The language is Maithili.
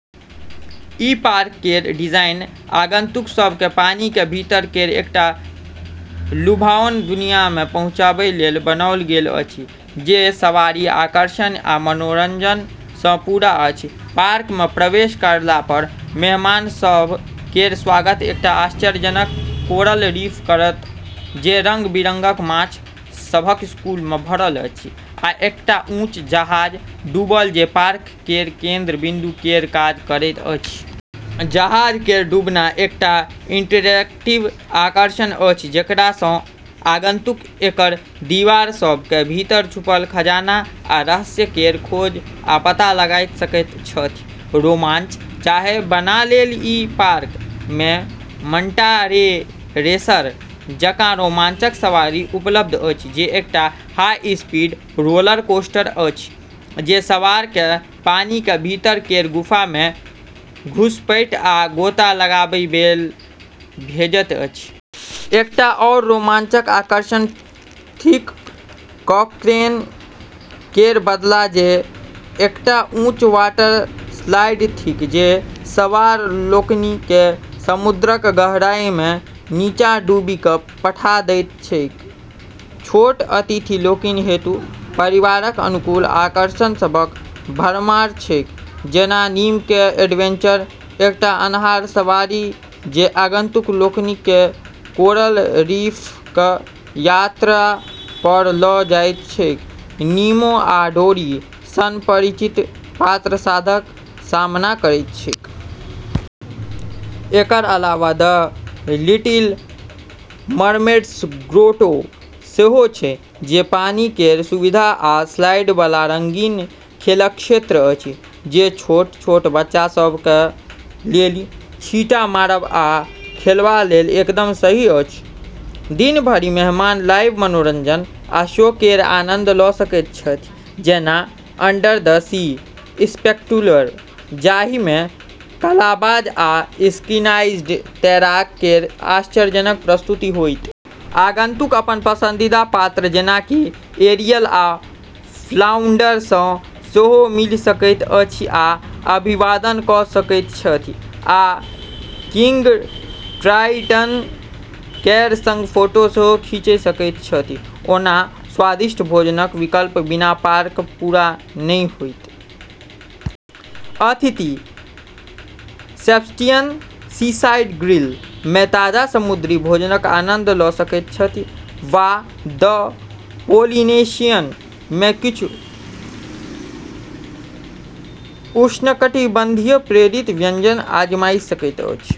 ई पार्क केर डिजाइन आगंतुक सभ केँ पानी के भीतर केर एकटा लुभाओन दुनिया मे पहुँचाबै लेल बनाओल गेल अछि, जे सवारी, आकर्षण, आ मनोरंजन सँ पूरा अछि। पार्क मे प्रवेश करला पर मेहमान सभ केर स्वागत एकटा आश्चर्यजनक कोरल रीफ करत, जे रंग-बिरंगक माछ सभक स्कूल सँ भरल अछि, आ एकटा ऊँच जहाज डूबल जे पार्क केर केंद्र बिन्दु केर काज करैत अछि। जहाज केर डूबना एकटा इंटरैक्टिव आकर्षण अछि जेकरा सँ आगंतुक एकर दीवार सभ के भीतर छुपल खजाना आ रहस्य केर खोज आ पता लगाइ सकैत छथि। रोमांच चाहै बला लेल ई पार्क मे "मंटा रे रेसर" जकाँ रोमांचक सवारी उपलब्ध अछि, जे एकटा हाई स्पीड रोलरकोस्टर अछि जे सवार केँ पानी के भीतर केर गुफा मे घुसपैठ आ गोता लगाबै लेल भेजैत अछि। एकटा आओर रोमांचक आकर्षण थिक "क्राकेन केर बदला", जे एकटा ऊँच वाटर स्लाइड थिक जे सवार लोकनि केँ समुद्रक गहराई मे नीचाँ डूबि कऽ पठा दैत छैक। छोट अतिथि लोकनि हेतु परिवारक अनुकूल आकर्षण सभक भरमार छैक जेना "नीमोक एडवेंचर", एकटा अन्हार सवारी जे आगंतुक लोकनि केँ कोरल रीफक यात्रा पर लऽ जाइत छैक, निमो आ डोरी सन परिचित पात्र सभक सामना करैत छैक। एकर अलावा "द लिटिल मरमेड्स ग्रोटो" सेहो छै, जे पानी केर सुविधा आ स्लाइड बला रंगीन खेलक क्षेत्र अछि, जे छोट-छोट बच्चा सभ लेली छींटा मारब आ खेलबा लेल एकदम सही अछि। दिन भरि मेहमान लाइव मनोरंजन आ शो केर आनंद लऽ सकैत छथि, जेना "अंडर द सी स्पेक्टेक्युलर", जाहि मे कलाबाज आ सिंक्रनाइज्ड तैराक केर आश्चर्यजनक प्रस्तुति होयत। आगंतुक अपन पसंदीदा पात्र जेना कि एरियल आ फ्लाउंडर सँ सेहो मिलि सकैत छथि आ अभिवादन कऽ सकैत छथि, आ किंग ट्राइटन केर सँग फोटो सेहो खींचि सकैत छथि। ओना, स्वादिष्ट भोजनक विकल्पक बिना पार्क पूरा नहि होइत! अतिथि "सेबस्टियन सीसाइड ग्रिल" मे ताजा समुद्री भोजनक आनंद लऽ सकैत छथि वा "द पोलिनेशियन" मे किछु उष्णकटिबंधीय प्रेरित व्यंजन आजमाइ सकैत छथि।